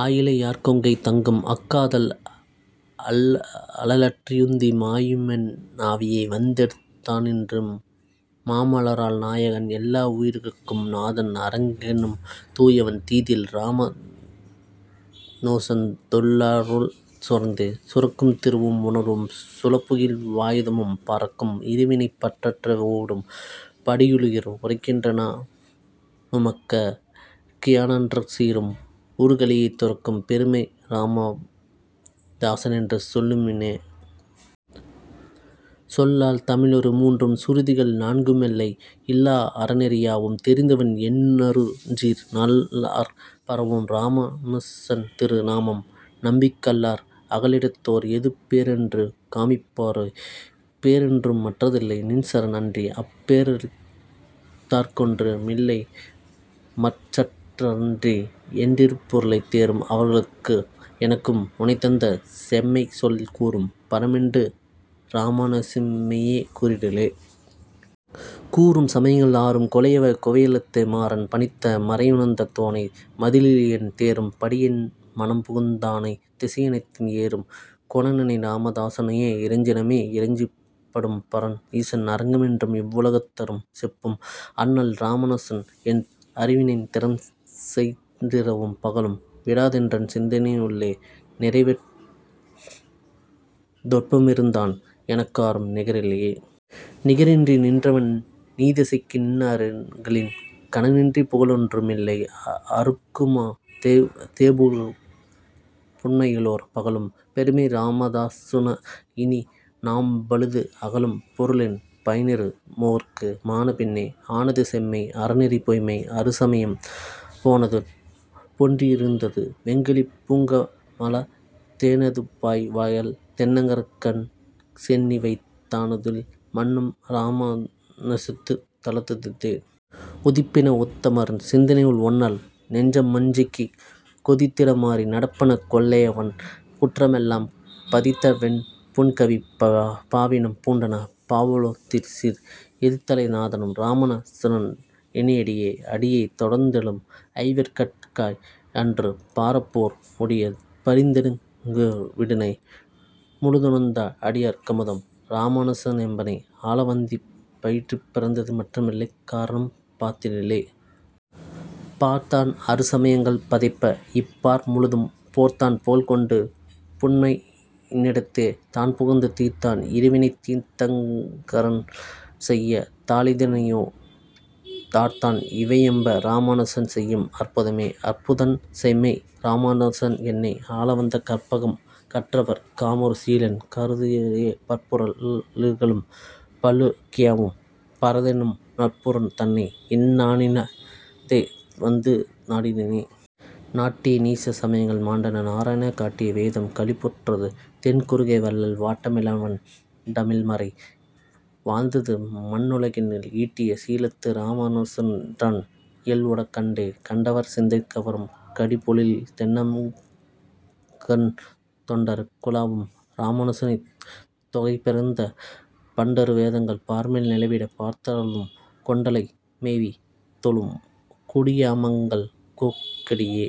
ஆயிழை யார்கொங்கை தங்கும்அக் காதல் அளற்றழுந்தி மாயுமென் ஆவியை வந்தெடுத் தானின்று மாமலராள் நாயகன் எல்லா வுயிர்கட்கும் நாதன் அரங்கனென்னும் தூயவன் தீதில் இராமா னுசன்தொல் லருள்சுரந்தே. சுரக்கும் திருவும் உணர்வும் சொலப்புகில் வாயமுதம் பரக்கும் இருவினை பற்றற வோடும் படியிலுள்ளீர் உரைக்கின் றனனுமக் கியானறஞ் சீறும் உறுகலியைத் துரக்கும் பெருமை இராமா னுசனென்று சொல்லுமினே. சொல்லார் தமிழொரு மூன்றும் சுருதிகள் நான்குமெல்லை இல்லா அறநெறி யாவும் தெரிந்தவன் எண்ணருஞ்சீர் நல்லார் பரவும் இராமா னுசன்திரு நாமம் நம்பிக் கல்லார் அகலிடத் தோர், எது பேறென்று காமிப்பரே. பேறொன்று மற்றில்லை நின்சரண் அன்றி, அப் பேறளித்தற் காறொன்று மில்லைமற் றச்சரண் அன்றி, என் றிப்பொருளைத் தேறும் அவர்க்கும் எனக்கும் உனைத்தந்த செம்மைசொல்லால் கூறும் பரமன்று இராமா னுசமெய்ம்மை கூறிடிலே. கூறும் சமயங்கள் ஆறும் குலையக் குவலயத்தே மாறன் பணித்த மரையுணர்ந் தோனை மதியிலியேன் தேறும் படியென் மனம்புதுந் தானைத் திசையனைத்தும் ஏறும் குணனை இராமா னுசனை இறைஞ்சினமே. இறைஞ்சப் படும்பரன் ஈசன் அரங்கனென்று இவ்வுலகத் தறம்செப்பும் அண்ணல் இராமா னுசன், என் அருவினையின் திறம்செற் றிரவும் பகலும் விடாதென்றன் சிந்தையுள்ளே நிறைந்தொப் பறவிருந் தான், எனக் காரும் நிகரில்லையே. நிகரின்றி நின்றவென் நீசதைக்கு நின்னரு ளின்கணன்றிப் புகலொன்று மில்லை அருட்குமஃ தேபுகல் புன்மையிலோர் பகரும் பெருமை இராமா னுச இனி நாம்பழுதே அகலும் பொருளென், பயனிரு வோமுக்கு மானபின்னே? ஆனது செம்மை அறநெறி பொய்ம்மை அறுசமயம் போனது பொன்றி யிறந்தது வெங்கலி பூங்கமலத் தேனதி பாய்வயல் தென்னரங் கன்கழல் சென்னிவைத்துத் தானதில் மன்னும் இராமா னுசனித் தலத்துதித்தே. உதிப்பன வுத்தமர் சிந்தையுள் ஒன்னலர் நெஞ்சமஞ்சிக் கொதித்திட மாறி நடப்பன கொள்ளைவன் குற்றமெல்லாம் பதித்தவென் புன்கவிப் பாவினம் பூண்டன பாவுதொல்சீர் எதித்தலை நாதன் இராமா னுசன்றன் இணையடியே. அடியைத் தொடர்ந்தெழும் ஐவர்கட் காய்அன்று பாரதப்போர் முடியப் பரிநெடுந் தேர்விடுங் கோனை முழுதுணர்ந்த அடியர்க் கமுதம் இராமா னுசனென்னை ஆளவந்திப் படியிற் பிறந்தது மற்றில்லை காரணம் பார்த்திடிலே. பார்த்தான் அறுசம யங்கள் பதைப்ப, இப் பார்முழுதும் போர்த்தான் புகழ்கொண்டு புன்மையி னேனிடைத் தான்புகுந்து தீர்த்தான் இருவினை தீர்த்தரங் கன்செய்ய தாளிணையோ டார்த்தான் இவையெம் இராமா னுசன்செய்யும் அற்புதமே. அற்புதன் செம்மை இராமா னுசன், என்னை ஆளவந்த கற்பகம் கற்றவர் காமுறு சீலன் கருதரிய பற்பல் லுயிர்களும் பல்லுல கியாவும் பரனதென்னும் நற்பொருள் தன்னை, இந் நானிலத் தேவந்து நாட்டினனே. நாட்டிய நீசச் சமயங்கள் மாண்டன, நாரணனைக் காட்டிய வேதம் களிப்புற் றது, தென் குருகைவள்ளல் வாட்டமி லாவண் டமிழ்மறை வாழ்ந்தது மண்ணுலகில் ஈட்டிய சீலத்து இராமா னுசன்றன் இயல்வுகண்டே. கண்டவர் சிந்தை கவரும் கடிபொழில் தென்னரங்கன் தொண்டர் குலாவும் இராமா னுசனைத், தொகையிறந்த பண்டரு வேதங்கள் பார்மேல் நிலவிடப் பார்த்தருளும் கொண்டலை மேவித் தொழும், குடி யாமெங்கள் கோக்குடியே.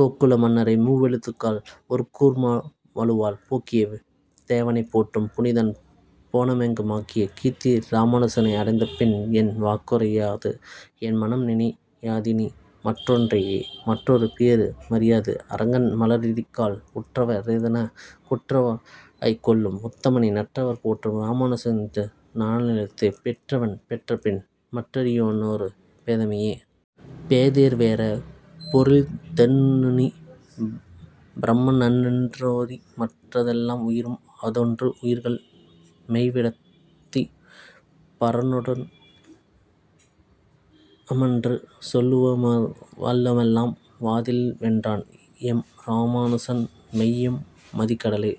கோக்குல மன்னரை மூவெழு கால், ஒரு கூர்மழுவால் போக்கிய தேவனைப் போற்றும் புனிதன் புவனமெங்கும் ஆக்கிய கீர்த்தி இராமா னுசனை அடைந்தபின்என் வாக்குரை யாது, என் மனம்நினை யாதினி மற்றொன்றையே. மற்றொரு பேறு மதியாது, அரங்கன் மலரடிக்காள் உற்றவ ரேதனக் குற்றவ ராய்க்கொள்ளும் உத்தமனை நற்றவர் போற்றும் இராமா னுசனையிந் நானிலத்தே பெற்றனன் பெற்றபின் மற்றறி யேனொரு பேதைமையே. பேதையர் வேதப் பொருளிதென் னுன்னிப் பிரமம்நன்றென் றோதிமற் றெல்லா உயிரும் அஃதென்று உயிர்கள்மெய்விட் டாதிப் பரனொடொன் றாமென்று சொல்லுமவ் வல்லலெல்லாம் வாதில்வென் றான், எம் இராமா னுசன்மெய்ம் மதிக்கடலே.